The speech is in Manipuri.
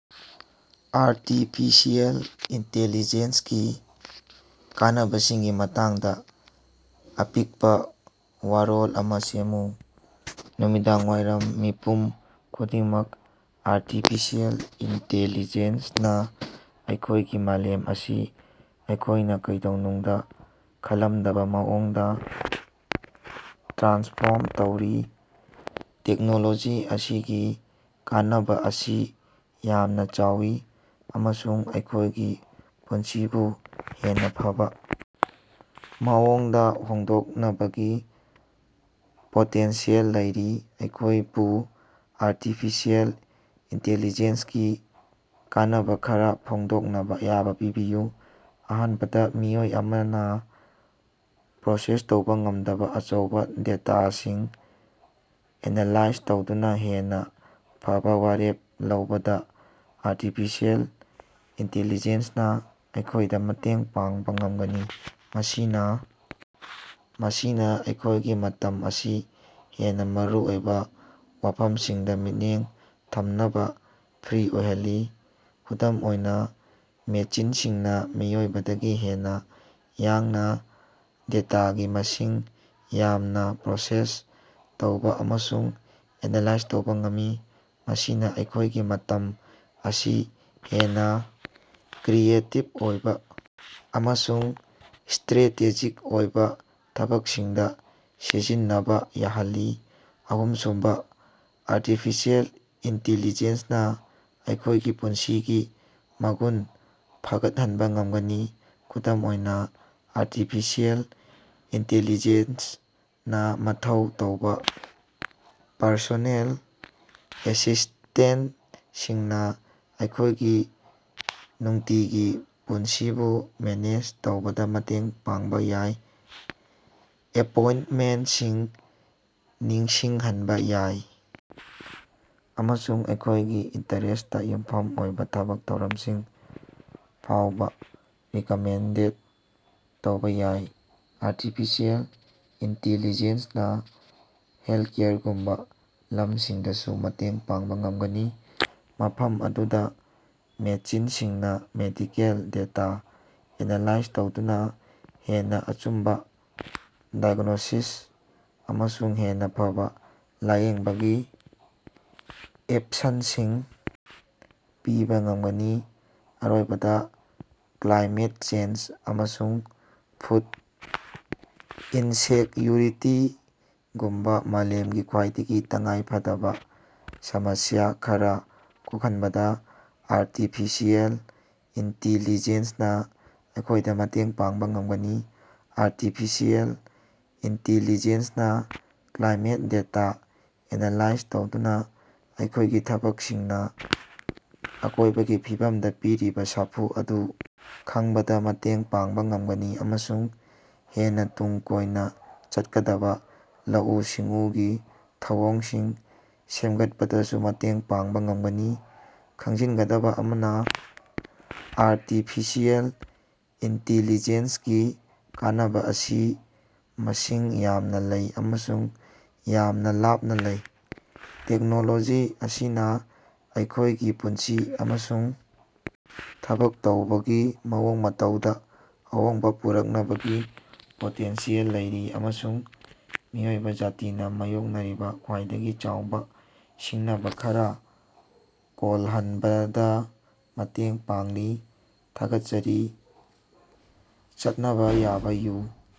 ꯑꯥꯔꯇꯤꯐꯤꯁꯤꯑꯦꯜ ꯏꯟꯇꯦꯂꯤꯖꯦꯟꯁꯀꯤ ꯀꯥꯟꯅꯕꯁꯤꯡꯒꯤ ꯃꯇꯥꯡꯗ ꯑꯄꯤꯛꯄ ꯋꯥꯔꯣꯜ ꯑꯃ ꯁꯦꯝꯃꯨ꯫ ꯅꯨꯃꯤꯗꯥꯡꯋꯥꯏꯔꯝ ꯃꯤꯄꯨꯝ ꯈꯨꯗꯤꯡꯃꯛ, ꯑꯥꯔꯇꯤꯐꯤꯁꯤꯑꯦꯜ ꯏꯟꯇꯤꯂꯤꯖꯦꯟꯁꯅꯥ ꯑꯩꯈꯣꯏꯒꯤ ꯃꯥꯂꯦꯝ ꯑꯁꯤ ꯑꯩꯈꯣꯏꯅ ꯀꯩꯗꯧꯅꯨꯡꯗ ꯈꯜꯂꯝꯗꯕ ꯃꯑꯣꯡꯗ ꯇ꯭ꯔꯥꯟꯁꯐꯣꯔꯝ ꯇꯧꯔꯤ꯫ ꯇꯦꯛꯅꯣꯂꯣꯖꯤ ꯑꯁꯤꯒꯤ ꯀꯥꯟꯅꯕ ꯑꯁꯤ ꯌꯥꯝꯅ ꯆꯥꯎꯏ ꯑꯃꯁꯨꯡ ꯑꯩꯈꯣꯏꯒꯤ ꯄꯨꯟꯁꯤꯕꯨ ꯍꯦꯟꯅ ꯐꯕ ꯃꯑꯣꯡꯗ ꯍꯣꯡꯗꯣꯛꯅꯕꯒꯤ ꯄꯣꯇꯦꯟꯁꯤꯌꯦꯜ ꯂꯩꯔꯤ꯫ ꯑꯩꯍꯥꯛꯄꯨ ꯑꯥꯔꯇꯤꯐꯤꯁꯤꯑꯦꯜ ꯏꯟꯇꯤꯂꯤꯖꯦꯟꯁꯒꯤ ꯀꯥꯟꯅꯕ ꯈꯔ ꯐꯣꯡꯗꯣꯛꯅꯕ ꯑꯌꯥꯕ ꯄꯤꯕꯤꯌꯨ꯫ ꯑꯍꯥꯟꯕꯗ, ꯃꯤꯑꯣꯏ ꯑꯃꯅ ꯄ꯭ꯔꯣꯁꯦꯁ ꯇꯧꯕ ꯉꯝꯗꯕ ꯑꯆꯧꯕ ꯗꯦꯇꯥꯁꯤꯡ ꯑꯦꯅꯥꯂꯥꯏꯖ ꯇꯧꯗꯨꯅ ꯍꯦꯟꯅ ꯐꯕ ꯋꯥꯔꯦꯞ ꯂꯧꯕꯗ ꯑꯥꯔꯇꯤꯐꯤꯁꯤꯑꯦꯜ ꯏꯟꯇꯤꯂꯤꯖꯦꯟꯁꯅꯥ ꯑꯩꯈꯣꯌꯗ ꯃꯇꯦꯡ ꯄꯥꯡꯕ ꯉꯝꯒꯅꯤ꯫ ꯃꯁꯤꯅ ꯃꯁꯤꯅ ꯑꯩꯈꯣꯏꯒꯤ ꯃꯇꯝ ꯑꯁꯤ ꯍꯦꯟꯅ ꯃꯔꯨꯑꯣꯏꯕ ꯋꯥꯐꯝꯁꯤꯡꯗ ꯃꯤꯠꯌꯦꯡ ꯊꯝꯅꯕ ꯐ꯭ꯔꯤ ꯑꯣꯏꯍꯜꯂꯤ꯫ ꯈꯨꯗꯝ ꯑꯣꯏꯅ, ꯃꯦꯆꯤꯟꯁꯤꯡꯅ ꯃꯤꯑꯣꯏꯕꯗꯒꯤ ꯍꯦꯟꯅ ꯌꯥꯡꯅ ꯗꯦꯇꯥꯒꯤ ꯃꯁꯤꯡ ꯌꯥꯝꯅ ꯄ꯭ꯔꯣꯁꯦꯁ ꯇꯧꯕ ꯑꯃꯁꯨꯡ ꯑꯦꯅꯥꯂꯥꯏꯖ ꯇꯧꯕ ꯉꯝꯃꯤ, ꯃꯁꯤꯅ ꯑꯩꯈꯣꯏꯒꯤ ꯃꯇꯝ ꯑꯁꯤ ꯍꯦꯟꯅ ꯀ꯭ꯔꯤꯌꯦꯇꯤꯕ ꯑꯣꯏꯕ ꯑꯃꯁꯨꯡ ꯁ꯭ꯇꯔꯦꯇꯦꯖꯤꯛ ꯑꯣꯏꯕ ꯊꯕꯛꯁꯤꯡꯗ ꯁꯤꯖꯤꯟꯅꯕ ꯌꯥꯍꯜꯂꯤ꯫ ꯑꯍꯨꯝꯁꯨꯕ, ꯑꯥꯔꯇꯤꯐꯤꯁꯤꯑꯦꯜ ꯏꯟꯇꯤꯂꯤꯖꯦꯟꯁꯅꯥ ꯑꯩꯈꯣꯌꯒꯤ ꯄꯨꯟꯁꯤꯒꯤ ꯃꯒꯨꯟ ꯐꯒꯠꯍꯟꯕ ꯉꯝꯒꯅꯤ꯫ ꯈꯨꯗꯝ ꯑꯣꯏꯅ, ꯑꯥꯔꯇꯤꯐꯤꯁꯤꯑꯦꯜ ꯏꯟꯇꯤꯂꯤꯖꯦꯟꯁꯅꯥ ꯃꯊꯧ ꯇꯧꯕ ꯄꯔꯁꯣꯅꯦꯜ ꯑꯦꯁꯤꯁ꯭ꯇꯦꯟꯇꯁꯤꯡꯅ ꯑꯩꯈꯣꯌꯒꯤ ꯅꯨꯡꯇꯤꯒꯤ ꯄꯨꯟꯁꯤꯕꯨ ꯃꯦꯅꯦꯖ ꯇꯧꯕꯗ ꯃꯇꯦꯡ ꯄꯥꯡꯕ ꯌꯥꯏ, ꯑꯦꯄꯣꯏꯟꯇꯃꯦꯟꯇꯁꯤꯡ ꯅꯤꯡꯁꯤꯡꯍꯟꯕ ꯌꯥꯏ, ꯑꯃꯁꯨꯡ ꯑꯩꯈꯣꯏꯒꯤ ꯏꯟꯇꯔꯦꯁ꯭ꯇ ꯌꯨꯝꯐꯝ ꯑꯣꯏꯕ ꯊꯕꯛ ꯊꯧꯔꯝꯁꯤꯡ ꯐꯥꯑꯣꯕ ꯔꯤꯛꯃꯦꯟꯗ ꯇꯧꯕ ꯌꯥꯏ꯫ ꯑꯥꯔꯇꯤꯐꯤꯁꯤꯑꯦꯜ ꯏꯟꯇꯤꯂꯤꯖꯦꯟꯁꯅꯥ ꯍꯦꯜꯀꯦꯌꯔꯒꯨꯝꯕ ꯂꯝꯁꯤꯡꯗꯁꯨ ꯃꯇꯦꯡ ꯄꯥꯡꯕ ꯉꯝꯒꯅꯤ, ꯃꯐꯝ ꯑꯗꯨꯗ ꯃꯦꯆꯤꯟꯁꯤꯡꯅ ꯃꯦꯗꯤꯀꯦꯜ ꯗꯦꯇꯥ ꯑꯦꯅꯥꯂꯥꯏꯖ ꯇꯧꯗꯨꯅ ꯍꯦꯟꯅ ꯑꯆꯨꯝꯕ ꯗꯥꯏꯒ꯭ꯅꯣꯁꯤꯁ ꯑꯃꯁꯨꯡ ꯍꯦꯟꯅ ꯐꯕ ꯂꯥꯌꯦꯡꯕꯒꯤ ꯑꯣꯄꯁꯟꯁꯤꯡ ꯄꯤꯕ ꯉꯝꯒꯅꯤ꯫ ꯑꯔꯣꯏꯕꯗ, ꯀ꯭ꯂꯥꯏꯃꯦꯠ ꯆꯦꯟꯖ ꯑꯃꯁꯨꯡ ꯐꯨꯗ ꯏꯟꯁꯦꯛꯌꯨꯔꯤꯇꯤꯒꯨꯝꯕ ꯃꯥꯂꯦꯝꯒꯤ ꯈ꯭ꯋꯥꯏꯗꯒꯤ ꯇꯉꯥꯏꯐꯗꯕ ꯁꯃꯁ꯭ꯌ ꯈꯔ ꯀꯣꯛꯍꯟꯕꯗ ꯑꯥꯔꯇꯤꯐꯤꯁꯤꯑꯦꯜ ꯏꯟꯇꯤꯂꯤꯖꯦꯟꯁꯅꯥ ꯑꯩꯈꯣꯏꯗ ꯃꯇꯦꯡ ꯄꯥꯡꯕ ꯉꯝꯒꯅꯤ꯫ ꯑꯥꯔꯇꯤꯐꯤꯁꯤꯑꯦꯜ ꯏꯟꯇꯤꯂꯤꯖꯦꯟꯁꯅꯥ ꯀ꯭ꯂꯥꯏꯃꯦꯠ ꯗꯦꯇꯥ ꯑꯦꯅꯥꯂꯥꯏꯖ ꯇꯧꯗꯨꯅ ꯑꯩꯈꯣꯏꯒꯤ ꯊꯕꯛꯁꯤꯡꯅ ꯑꯀꯣꯏꯕꯒꯤ ꯐꯤꯕꯝꯗ ꯄꯤꯔꯤꯕ ꯁꯥꯐꯨ ꯑꯗꯨ ꯈꯪꯕꯗ ꯃꯇꯦꯡ ꯄꯥꯡꯕ ꯉꯝꯒꯅꯤ, ꯑꯃꯁꯨꯡ ꯍꯦꯟꯅ ꯇꯨꯡ ꯀꯣꯏꯅ ꯆꯠꯀꯗꯕ ꯂꯧꯎ-ꯁꯤꯡꯎꯒꯤ ꯊꯧꯑꯣꯡꯁꯤꯡ ꯁꯦꯝꯒꯠꯄꯗꯁꯨ ꯃꯇꯦꯡ ꯄꯥꯡꯕ ꯉꯝꯒꯅꯤ꯫ ꯈꯪꯖꯤꯟꯒꯗꯕ ꯑꯃꯅ, ꯑꯥꯔꯇꯤꯐꯤꯁꯤꯑꯦꯜ ꯏꯟꯇꯤꯂꯤꯖꯦꯟꯁꯒꯤ ꯀꯥꯟꯅꯕ ꯑꯁꯤ ꯃꯁꯤꯡ ꯌꯥꯝꯅ ꯂꯩ ꯑꯃꯁꯨꯡ ꯌꯥꯝꯅ ꯂꯥꯞꯅ ꯂꯩ꯫ ꯇꯦꯛꯅꯣꯂꯣꯖꯤ ꯑꯁꯤꯅ ꯑꯩꯈꯣꯏꯒꯤ ꯄꯨꯟꯁꯤ ꯑꯃꯁꯨꯡ ꯊꯕꯛ ꯇꯧꯕꯒꯤ ꯃꯑꯣꯡ ꯃꯇꯧꯗ ꯑꯍꯣꯡꯕ ꯄꯨꯔꯛꯅꯕꯒꯤ ꯄꯣꯇꯦꯟꯁꯤꯌꯦꯜ ꯂꯩꯔꯤ, ꯑꯃꯁꯨꯡ ꯃꯤꯑꯣꯏꯕ ꯖꯥꯇꯤꯅ ꯃꯥꯌꯣꯛꯅꯔꯤꯕ ꯈ꯭ꯋꯥꯏꯗꯒꯤ ꯆꯥꯎꯕ ꯁꯤꯡꯅꯕ ꯈꯔ ꯀꯣꯜꯍꯟꯕꯗ ꯃꯇꯦꯡ ꯄꯥꯡꯂꯤ꯫ ꯊꯥꯒꯠꯆꯔꯤ ꯆꯠꯅꯕ ꯌꯥꯕ ꯌꯨ